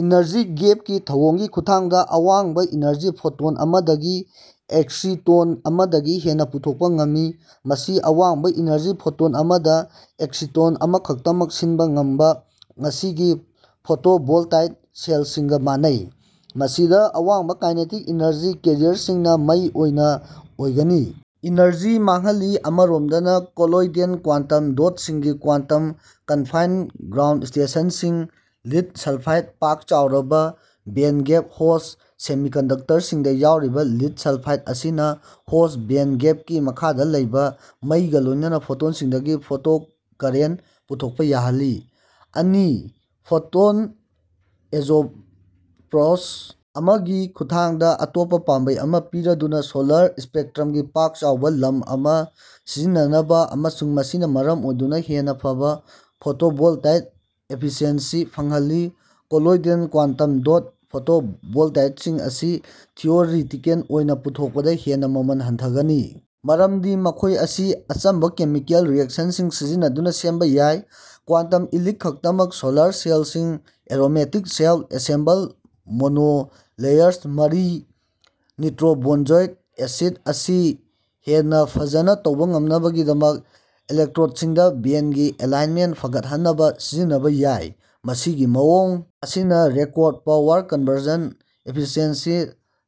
Energy gap ꯀꯤ ꯊꯧꯑꯣꯡꯒꯤ ꯈꯨꯠꯊꯥꯡꯗ ꯑꯋꯥꯡꯕ-ꯏꯅꯔꯖꯤ ꯐꯣꯇꯣꯟ ꯑꯃꯗꯒꯤ ꯑꯦꯛꯁꯤꯇꯣꯟ ꯑꯃꯗꯒꯤ ꯍꯦꯟꯅ ꯄꯨꯊꯣꯛꯄ ꯉꯝꯃꯤ꯫ ꯃꯁꯤ ꯑꯋꯥꯡꯕ-ꯏꯅꯔꯖꯤ ꯐꯣꯇꯣꯟ ꯑꯃꯗ ꯑꯦꯛꯁꯤꯇꯣꯟ ꯑꯃꯈꯛꯇꯃꯛ ꯁꯤꯟꯕ ꯉꯝꯕ ꯉꯁꯤꯒꯤ ꯐꯣꯇꯣꯚꯣꯜꯇꯥꯏꯛ ꯁꯦꯜꯁꯤꯡꯒ ꯃꯥꯟꯅꯩ꯫ ꯃꯁꯤꯗ ꯑꯋꯥꯡꯕ ꯀꯥꯏꯅꯦꯇꯤꯛ ꯏꯅꯔꯖꯤ ꯀꯦꯔꯤꯌꯔꯁꯤꯡꯅ ꯃꯩ ꯑꯣꯏꯅ ꯃꯈꯣꯏꯒꯤ ꯏꯅꯔꯖꯤ ꯃꯥꯡꯍꯜꯂꯤ꯫ ꯑꯃꯔꯣꯝꯗꯅ ꯀꯣꯂꯣꯏꯗꯦꯜ ꯀ꯭ꯋꯥꯟꯇꯝ ꯗꯣꯠꯁꯤꯡꯒꯤ ꯀ꯭ꯋꯥꯟꯇꯝ ꯀꯟꯐꯥꯏꯟꯗ ꯒ꯭ꯔꯥꯎꯟꯁ꯭ꯇꯦꯠꯁꯤꯡ (ꯂꯤꯗ ꯁꯜꯐꯥꯏꯗ, ꯄꯥꯛ ꯆꯥꯎꯔꯕ ꯕꯦꯟꯒꯦꯞ ꯍꯣꯁ ꯁꯦꯃꯤꯀꯟꯗꯛꯇꯔꯁꯤꯡꯗ ꯌꯥꯎꯔꯕ ꯂꯤꯗ ꯁꯥꯜꯐꯥꯏꯗ) ꯑꯁꯤꯅ ꯍꯣꯁꯠ ꯕꯦꯟꯒꯦꯞꯀꯤ ꯃꯈꯥꯗ ꯂꯩꯕ ꯃꯩꯒ ꯂꯣꯏꯅꯅ ꯐꯣꯇꯣꯟꯁꯤꯡꯗꯒꯤ ꯐꯣꯇꯣꯀꯔꯦꯟ ꯄꯨꯊꯣꯛꯄ ꯌꯥꯍꯜꯂꯤ꯫ ꯑꯅꯤ-ꯐꯣꯇꯣꯟ ꯑꯦꯁꯣꯕꯖꯣꯔꯞ ꯄ꯭ꯔꯣꯁ ꯑꯃꯒꯤ ꯈꯨꯠꯊꯥꯡꯗ ꯑꯇꯣꯞꯄ ꯄꯥꯝꯕꯩ ꯑꯃ ꯄꯤꯔꯗꯨꯅ ꯁꯣꯂꯔ ꯁ꯭ꯄꯦꯛꯇ꯭ꯔꯝꯒꯤ ꯄꯥꯛ ꯆꯥꯎꯕ ꯂꯝ ꯑꯃ ꯁꯤꯖꯤꯟꯅꯅꯕ ꯑꯃꯁꯨꯡ ꯃꯁꯤꯅ ꯃꯔꯝ ꯑꯣꯏꯗꯨꯅ ꯍꯦꯟꯅ ꯐꯕ ꯐꯣꯇꯣꯚꯣꯜꯇꯥꯏꯛ ꯑꯦꯐꯤꯁꯤꯑꯦꯟꯁꯤ ꯐꯪꯍꯜꯂꯤ꯫ ꯀꯣꯂꯣꯏꯗꯦꯜ ꯀ꯭ꯋꯥꯟꯇꯝ ꯗꯣꯠ ꯐꯣꯇꯣꯚꯣꯜꯇꯥꯏꯛꯁꯤꯡ ꯑꯁꯤ ꯊꯤꯑꯣꯔꯤꯇꯤꯀꯦꯜ ꯑꯣꯏꯅ ꯄꯨꯊꯣꯛꯄꯗ ꯍꯦꯟꯅ ꯃꯃꯜ ꯍꯟꯊꯒꯅꯤ ꯃꯔꯝꯗꯤ ꯃꯈꯣꯏ ꯑꯁꯤ ꯑꯆꯝꯕ ꯀꯦꯃꯤꯀꯦꯜ ꯔꯤꯑꯦꯛꯁꯟꯁꯤꯡ ꯁꯤꯖꯤꯟꯅꯗꯨꯅ ꯁꯦꯝꯕ ꯌꯥꯏ꯫ ꯀ꯭ꯋꯥꯟꯇꯝ ꯏꯂꯤꯛ ꯈꯛꯇꯃꯛ ꯁꯣꯂꯔ ꯁꯦꯜꯁꯤꯡ ꯑꯦꯔꯣꯃꯦꯇꯤꯛ ꯁꯦꯜꯐ ꯑꯦꯁꯦꯝꯕꯜꯗ ꯃꯣꯅꯣꯂꯦꯌꯔꯁ (ꯃꯔꯤ-ꯅꯤꯇ꯭ꯔꯣꯕꯦꯟꯖꯣꯏꯛ ꯑꯦꯁꯤꯗ) ꯑꯁꯤ ꯍꯦꯟꯅ ꯐꯖꯅ ꯇꯧꯕ ꯉꯝꯅꯕꯒꯤꯗꯃꯛ ꯏꯂꯦꯛꯇ꯭ꯔꯣꯗꯁꯤꯡꯗ ꯕꯦꯟꯒꯤ ꯑꯦꯂꯥꯏꯟꯃꯦꯟꯠ ꯐꯒꯠꯍꯟꯅꯕ ꯁꯤꯖꯤꯟꯅꯕ ꯌꯥꯏ꯫ ꯃꯁꯤꯒꯤ ꯃꯑꯣꯡ ꯑꯁꯤꯅ ꯔꯦꯀꯣꯔ꯭ꯗ ꯄꯥꯋꯔ ꯀꯟꯚꯔꯁꯟ ꯑꯦꯐꯤꯁꯤꯌꯦꯟꯁꯤ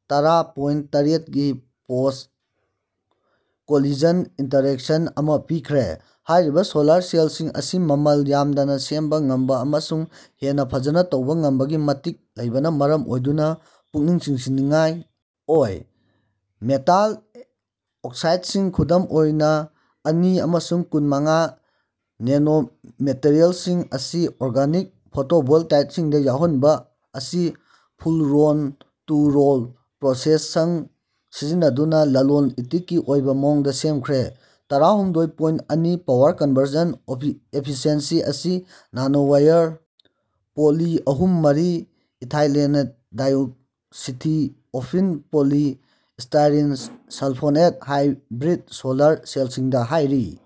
(ꯇꯔꯥ ꯄꯣꯏꯟꯠ ꯇꯔꯦꯠ ꯒꯤ ꯄꯣꯁꯇ ꯀꯣꯂꯤꯖꯟ ꯏꯟꯇꯔꯦꯛꯁꯟ ꯑꯃ ꯄꯤꯈ꯭ꯔꯦ꯫ ꯍꯥꯏꯔꯤꯕ ꯁꯣꯂꯔ ꯁꯦꯜꯁꯤꯡ ꯑꯁꯤ ꯃꯃꯜ ꯌꯥꯝꯗꯅ ꯁꯦꯝꯕ ꯉꯝꯕ ꯑꯃꯁꯨꯡ ꯍꯦꯟꯅ ꯐꯖꯅ ꯇꯧꯕ ꯉꯝꯕꯒꯤ ꯃꯇꯤꯛ ꯂꯩꯕꯅ ꯃꯔꯝ ꯑꯣꯏꯗꯨꯅ ꯄꯨꯛꯅꯤꯡ ꯆꯤꯡꯁꯤꯟꯅꯤꯡꯉꯥꯏ ꯑꯣꯏ꯫ ꯃꯦꯇꯥꯜ ꯑꯣꯛꯁꯥꯏꯗꯁꯤꯡ ꯈꯨꯗꯝ ꯑꯣꯏꯅ ꯑꯅꯤ ꯑꯃꯁꯨꯡ ꯀꯨꯟ - ꯃꯉꯥ ꯅꯦꯅꯣꯃꯦꯇ꯭ꯔꯤꯌꯜꯁꯤꯡ ꯑꯁꯤ ꯑꯣꯔꯒꯅꯤꯛ ꯐꯣꯇꯣꯚꯣꯜꯇꯥꯏꯛꯁꯤꯡꯗ ꯌꯥꯎꯍꯟꯕ ꯑꯁꯤ ꯐꯨꯜ ꯔꯣꯜ-ꯇꯨ-ꯔꯣꯜ ꯄ꯭ꯔꯣꯁꯦꯁꯡ ꯁꯤꯖꯤꯟꯅꯗꯨꯅ ꯂꯂꯣꯟ ꯏꯇꯤꯛꯀꯤ ꯑꯣꯏꯕ ꯃꯑꯣꯡꯗ ꯁꯦꯝꯈ꯭ꯔꯦ꯫ ꯇꯔꯥꯍꯨꯝꯗꯣꯏ ꯄꯣꯏꯟꯠ ꯑꯅꯤ ꯄꯥꯋꯔ ꯀꯟꯚꯔꯁꯟ ꯑꯦꯐꯤꯁꯤꯑꯦꯟꯁꯤ ꯑꯁꯤ ꯅꯥꯅꯣꯋꯥꯏꯌꯔ ꯄꯣꯂꯤ (ꯑꯍꯨꯝ, ꯃꯔꯤ- ethylenedioxythiophene): poly (styrene sulphonate) hybrid solar ꯁꯦꯜꯁꯤꯡꯗ ꯍꯥꯏꯔꯤ꯫